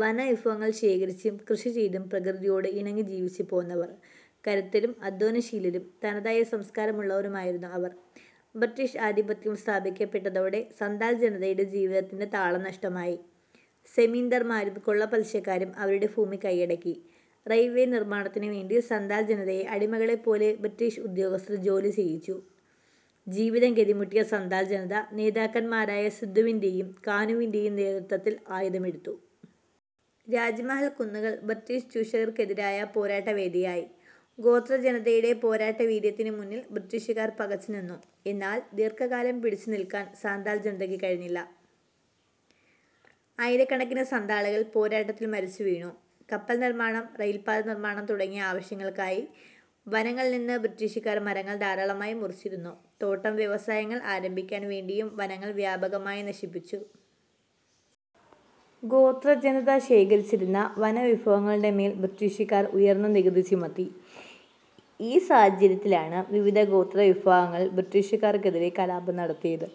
വനവിഭവങ്ങൾ ശേഖരിച്ചും കൃഷിചെയ്തും പ്രകൃതിയോട് ഇണങ്ങിജീവിച്ചുപോന്നവർ. കരുത്തരും അധ്വാനശീലരും തനതായ സംസ്കാരമുള്ളവരുമായിരുന്നു അവർ. ബ്രിട്ടീഷ് ആധിപത്യം സ്ഥാപിക്കപ്പെട്ടതോടെ സന്താൾ ജനതയുടെ ജീവിതത്തിന്റെ താളം നഷ്ടമായി. സെമീന്ദാർമാരും കൊള്ളപ്പലിശക്കാരും അവരുടെ ഭൂമി കൈയടക്കി. റെയിൽവേ നിർമാണത്തിനുവേണ്ടി സന്താൾ ജനതയെ അടിമകളെപ്പോലെ ബ്രിട്ടീഷ് ഉദ്യോഗസ്ഥർ ജോലി ചെയ്യിച്ചു. ജീവിതം ഗതി മുട്ടിയ സന്താൾ ജനത നേതാക്കന്മാരായ സിദ്ദുവിന്റെയും കാനുവിന്റെയും നേതൃത്വത്തിൽ ആയുധമെടുത്തു. രാജ്മഹൽ കുന്നുകൾ ബ്രിട്ടീഷ് ചൂഷകർക്കെതിരായ പോരാട്ടവേദിയായി. ഗോത്രജനതയുടെ പോരാട്ടവീര്യത്തിനു മുന്നിൽ ബ്രിട്ടീഷുകാർ പകച്ചു നിന്നു. എന്നാൽ ദീർഘകാലം പിടിച്ചുനിൽക്കാൻ സന്താൾ ജനതയ്ക്ക് കഴിഞ്ഞില്ല. ആയിരക്കണക്കിന് സന്താളുകൾ പോരാട്ടത്തിൽ മരിച്ചുവീണു. കപ്പൽ നിർമാണം, റെയിൽപ്പാത നിർമാണം തുടങ്ങിയ ആവശ്യങ്ങൾക്കായി വനങ്ങളിൽനിന്ന് ബ്രിട്ടീഷുകാർ മരങ്ങൾ ധാരാളമായി മുറിച്ചിരുന്നു. തോട്ടം വ്യവസായങ്ങൾ ആരംഭിക്കാൻ വേണ്ടിയും വനങ്ങൾ വ്യാപകമായി നശിപ്പിച്ചു. ഗോത്രജനത ശേഖരിച്ചിരുന്ന വനവിഭവങ്ങളുടെ മേൽ ബ്രിട്ടീഷുകാർ ഉയർന്ന നികുതി ചുമത്തി. ഈ സാഹചര്യത്തിലാണ് വിവിധ ഗോത്രവിഭാഗങ്ങൾ ബ്രിട്ടീഷുകാർക്കെതിരെ കലാപം നടത്തിയത്.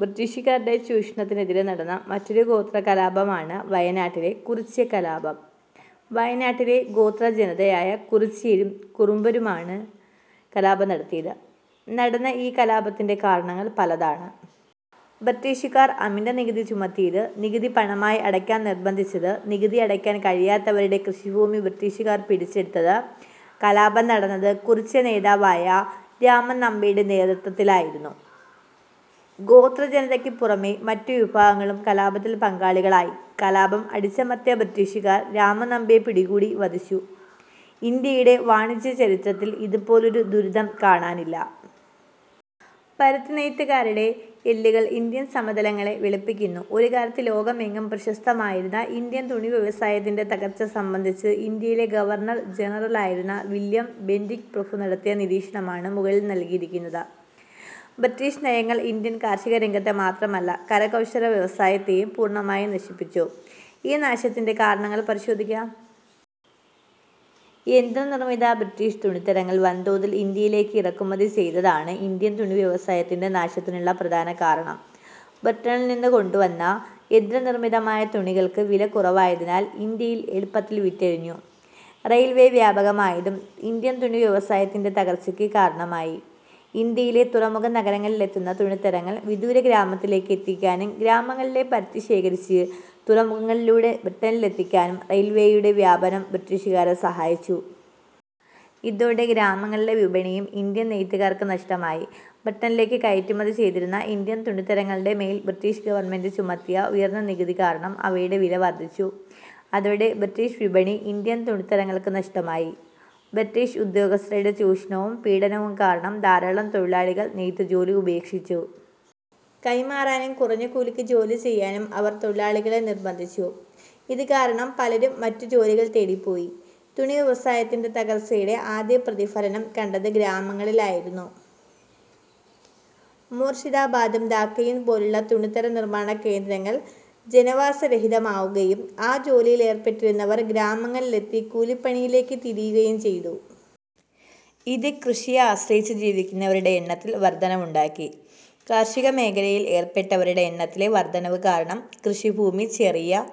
ബ്രിട്ടീഷുകാരുടെ ചൂഷണത്തിനെതിരെ നടന്ന മറ്റൊരു ഗോത്രകലാപമാണ് വയനാട്ടിലെ കുറിച്യകലാപം. വയനാട്ടിലെ ഗോത്രജനതയായ കുറിച്യരും കുറുമ്പരുമാണു കലാപം നടത്തിയത്. നടന്ന ഈ കലാപത്തിന്റെ കാരണങ്ങൾ പലതാണ്. ബ്രിട്ടീഷുകാർ അമിതനികുതി ചുമത്തിയത്. നികുതി പണമായി അടയ്ക്കാൻ നിർബന്ധിച്ചത്. നികുതി അടയ്ക്കാൻ കഴിയാത്തവരുടെ കൃഷിഭൂമി ബ്രിട്ടീഷുകാർ പിടിച്ചെടുത്തത്. കലാപം നടന്നത് കുറിച്യ നേതാവായ രാമൻ നമ്പിയുടെ നേതൃത്വത്തിലായിരുന്നു. ഗോത്രജനതയ്ക്ക് പുറമെ മറ്റു വിഭാഗങ്ങളും കലാപത്തിൽ പങ്കാളികളായി. കലാപം അടിച്ചമർത്തിയ ബ്രിട്ടീഷുകാർ രാമനമ്പിയെ പിടികൂടി വധിച്ചു. ഇന്ത്യയുടെ വാണിജ്യചരിത്രത്തിൽ ഇതുപോലൊരു ദുരിതം കാണാനില്ല. പരുത്തിനെയ്ത്തുകാരുടെ എല്ലുകൾ ഇന്ത്യൻ സമതലങ്ങളെ വെളുപ്പിക്കുന്നു. ഒരുകാലത്ത് ലോകമെങ്ങും പ്രശസ്തമായിരുന്ന ഇന്ത്യൻ തുണിവ്യവസായത്തിന്റെ തകർച്ച സംബന്ധിച്ച് ഇന്ത്യയിലെ ഗവർണർ ജനറലായിരുന്ന വില്യം ബെന്റിക് പ്രഭു നടത്തിയ നിരീക്ഷണമാണ് മുകളിൽ നൽകിയിരിക്കുന്നത്. ബ്രിട്ടീഷ് നയങ്ങൾ ഇന്ത്യൻ കാർഷികരംഗത്തെ മാത്രമല്ല, കരകൗശലവ്യവസായത്തെയും പൂർണമായും നശിപ്പിച്ചു. ഈ നാശത്തിന്റെ കാരണങ്ങൾ പരിശോധിക്കാം. യന്ത്രനിർമിത ബ്രിട്ടീഷ് തുണിത്തരങ്ങൾ വൻതോതിൽ ഇന്ത്യയിലേക്ക് ഇറക്കുമതി ചെയ്തതാണ് ഇന്ത്യൻ തുണിവ്യവസായത്തിന്റെ നാശത്തിനുള്ള പ്രധാന കാരണം. ബ്രിട്ടനിൽ നിന്നു കൊണ്ടുവന്ന യന്ത്രനിർമിതമായ തുണികൾക്ക് വില കുറവായതിനാൽ ഇന്ത്യയിൽ എളുപ്പത്തിൽ വിറ്റഴിഞ്ഞു. റെയിൽവേ വ്യാപകമായതും ഇന്ത്യൻ തുണി വ്യവസായത്തിന്റെ തകർച്ചയ്ക്ക് കാരണമായി. ഇന്ത്യയിലെ തുറമുഖ നഗരങ്ങളിലെത്തുന്ന തുണിത്തരങ്ങൾ വിദൂര ഗ്രാമങ്ങളിലേക്ക് എത്തിക്കാനും ഗ്രാമങ്ങളിലെ പരുത്തി ശേഖരിച്ച് തുറമുഖങ്ങളിലൂടെ ബ്രിട്ടനിലെത്തിക്കാനും റെയിൽവേയുടെ വ്യാപനം ബ്രിട്ടീഷുകാരെ സഹായിച്ചു. ഇതോടെ ഗ്രാമങ്ങളിലെ വിപണിയും ഇന്ത്യൻ നെയ്ത്തുകാർക്ക് നഷ്ടമായി. ബ്രിട്ടനിലേക്ക് കയറ്റുമതി ചെയ്തിരുന്ന ഇന്ത്യൻ തുണിത്തരങ്ങളുടെമേൽ ബ്രിട്ടീഷ് ഗവൺമെന്റ് ചുമത്തിയ ഉയർന്ന നികുതി കാരണം അവയുടെ വില വർധിച്ചു. അതോടെ ബ്രിട്ടീഷ് വിപണി ഇന്ത്യൻ തുണിത്തരങ്ങൾക്ക് നഷ്ടമായി. ബ്രിട്ടീഷ് ഉദ്യോഗസ്ഥരുടെ ചൂഷണവും പീഡനവും കാരണം ധാരാളം തൊഴിലാളികൾ നെയ്ത് ജോലി ഉപേക്ഷിച്ചു. കൈമാറാനും കുറഞ്ഞ കൂലിക്ക് ജോലിചെയ്യാനും അവർ തൊഴിലാളികളെ നിർബന്ധിച്ചു. ഇതു കാരണം പലരും മറ്റു ജോലികൾ തേടിപ്പോയി. തുണിവ്യവസായത്തിന്റെ തകർച്ചയുടെ ആദ്യ പ്രതിഫലനം കണ്ടത് ഗ്രാമങ്ങളിൽ ആയിരുന്നു. മൂർഷിദാബാദും ധാക്കയും പോലുള്ള തുണിത്തര നിർമാണ കേന്ദ്രങ്ങൾ ജനവാസരഹിതമാവുകയും ആ ജോലിയിലേർപ്പെട്ടിരുന്നവർ ഗ്രാമങ്ങളിലെത്തി കൃഷിപ്പണിയിലേക്കു തിരിയുകയും ചെയ്തു. ഇത് കൃഷിയെ ആശ്രയിച്ചു ജീവിക്കുന്നവരുടെ എണ്ണത്തിൽ വർധനവുണ്ടാക്കി. കാർഷിക മേഖലയിൽ ഏർപ്പെട്ടവരുടെ എണ്ണത്തിലെ വർധനവ് കാരണം കൃഷിഭൂമി ചെറിയ